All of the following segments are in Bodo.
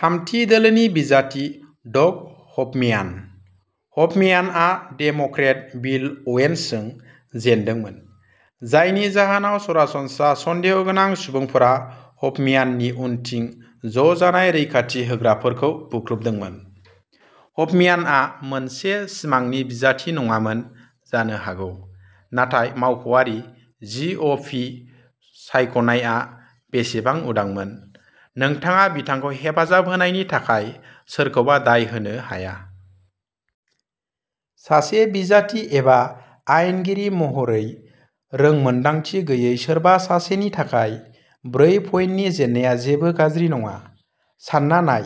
थामथि-दोलोनि बिजाथि डग हफम्यान। हफम्यानआ डेम'क्रेट बिल अ'वेन्सजों जेनदोंमोन, जायनि जाहोनाव सरासनस्रा सन्देह'गोनां सुबुंफोरा हफम्याननि उनथिं ज'जानाय रैखाथि होग्राफोरखौ बुख्रुबदोंमोन। हफम्यानआ मोनसे सिमांनि बिजाथि नङामोन जानो हागौ, नाथाय मावख'आरि जि अ' फि सायख'नायआ बेसेबां उदांमोन, नोंथाङा बिथांखौ हेफाजाब होनायनि थाखाय सोरखौबा दाय होनो हाया। सासे बिजाथि एबा आयेनगिरि महरै रोंमोनदांथि गैयै सोरबा सासेनि थाखाय ब्रै-पइन्टनि जेननाया जेबो गाज्रि नङा। सानना नाय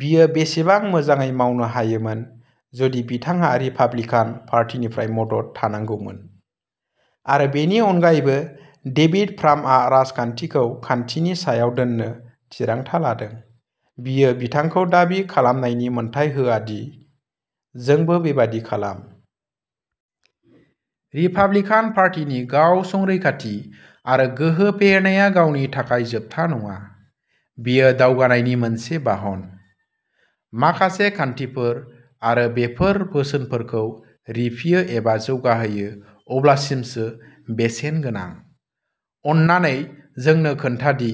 बियो बेसेबां मोजाङै मावनो हायोमोन जुदि बिथांहा रिपाब्लिकान पार्टीनिफ्राय मदद थानांगौमोन। आरो बेनि अनगायैबो, डेभिड फ्रामआ राजखान्थिखौ खान्थिनि सायाव दोन्नो थिरांथा लादों, बियो बिथांखौ दाबि खालामनायनि मोन्थाइ होआ दि जोंबो बेबादि खालाम। रिपाब्लिकान पार्टीनि गाव-संरैखाथि आरो गोहो फेहेरनाया गावनि थाखाय जोबथा नङा-बेयो दावगानायनि मोनसे बाहन। माखासे खान्थिफोर, आरो बेफोर बोसोनफोरखौ रिफियो एबा जौगाहोयो अब्लासिमसो बेसेन गोनां। अन्नानै जोंनो खोन्था दि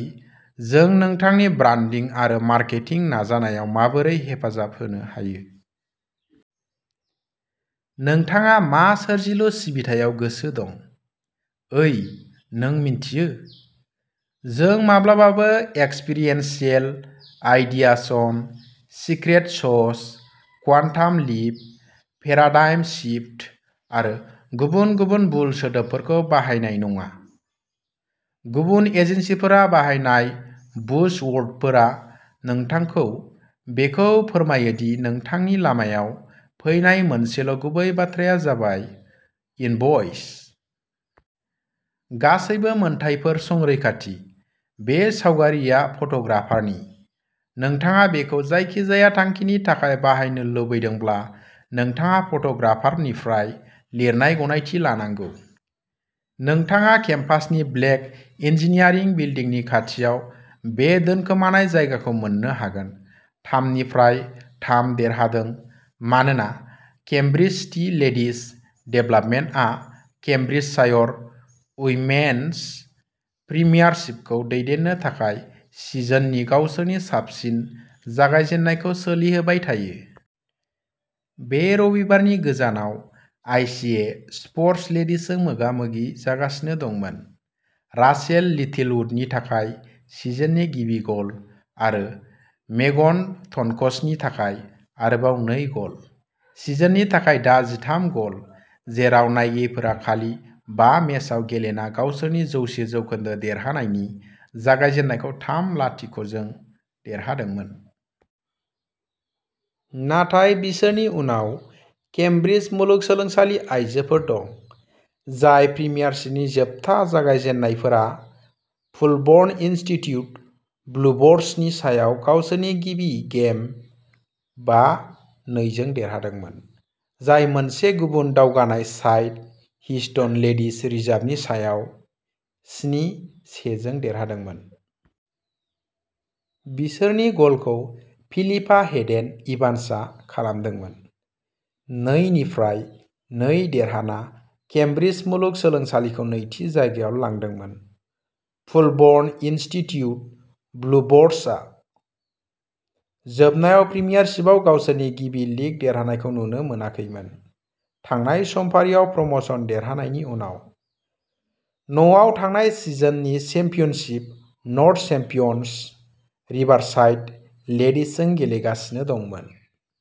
जों नोंथांनि ब्रान्डिं आरो मार्केटिं नाजानायाव माबोरै हेफाजाब होनो हायो। नोंथाङा मा सोरजिलु सिबिथायाव गोसो दं? ओइ, नों मिन्थियो। जों माब्लाबाबो एक्सपेरिएन्शियेल, आइडियासन, secret sauce, quantum leap, paradigm shift आरो गुबुन गुबुन बुल सोदोबफोरखौ बाहायनाय नङा। गुबुन एजेन्सिफोरा बाहायनाय बुजवर्डफोरा नोंथांखौ बेखौ फोरमायो दि नोंथांनि लामायाव फैनाय मोनसेल' गुबै बाथ्राया जाबाय इनभ'यस। गासैबो मोनथायफोर संरैखाथि। बे सावगारिआ फट'ग्राफारनि। नोंथाङा बेखौ जायखिजाया थांखिनि थाखाय बाहायनो लुबैदोंब्ला, नोंथाङा फट'ग्राफारनिफ्राय लिरनाय गनायथि लानांगौ। नोंथाङा केम्पासनि ब्लेक इन्जिनियारिं बिल्दिंनि खाथियाव बे दोनखोमानाय जायगाखौ मोन्नो हागोन। थाम निफ्राय थाम देरहादों मानोना केम्ब्रिज सिटी लेडिज डेभलपमेन्टआ केम्ब्रिजशायर उइमेन'स प्रिमियारशिपखौ दैदेननो थाखाय सिजननि गावसोरनि साबसिन जागायजेन्नायखौ सोलिहोबाय थायो। बे रबिबारनि गोजानाव आइ सि ए स्प'र्टस लेडिजजों मोगा-मोगि जागासिनो दंमोन। राचेल लिटिलवुडनि थाखाय सिजननि गिबि गल आरो मेगन टन्कसनि थाखाय आरोबाव नै गल, सिजननि थाखाय दा जिथाम गल, जेराव नायगिरिफोरा खालि बा मेचआव गेलेना गावसोरनि जौसे जौखोन्दो देरहानायनि जागायजेन्नायखौ थाम-लाथिक' जों देरहादोंमोन। नाथाय बिसोरनि उनाव केमब्रिज मुलुगसोलोंसालि आयजोफोर दं, जाय प्रिमियारशिपनि जोबथा जागायजेन्नायफोरा फुलबर्न इनस्टिट्युट ब्लुबर्डसनि सायाव गावसोरनि गिबि गेम बा-नै जों देरहादोंमोन, जाय मोनसे गुबुन दावगानाय साइड, हिस्टन लेडिज रिजार्भनि सायाव स्नि-से जों देरहादोंमोन। बिसोरनि गलखौ फिलिपा हेडेन-इभान्सआ खालामदोंमोन। नै निफ्राय नै देरहाना केमब्रिज मुलुगसोलोंसालिखौ नैथि जायगायाव लांदोंमोन। फुलबर्न इनस्टिट्युट ब्लुबर्डसआ जोबनायाव प्रिमियारशिपआव गावसोरनि गिबि लीग देरहानायखौ नुनो मोनाखैमोन थांनाय समफारियाव प्रम'शन देरहानायनि उनाव। न'आव थांनाय सिजननि चेम्पियनशिप नर्थ चेम्पियन्स, रिभारसाइड लेडिजजों गेलेगासिनो दंमोन।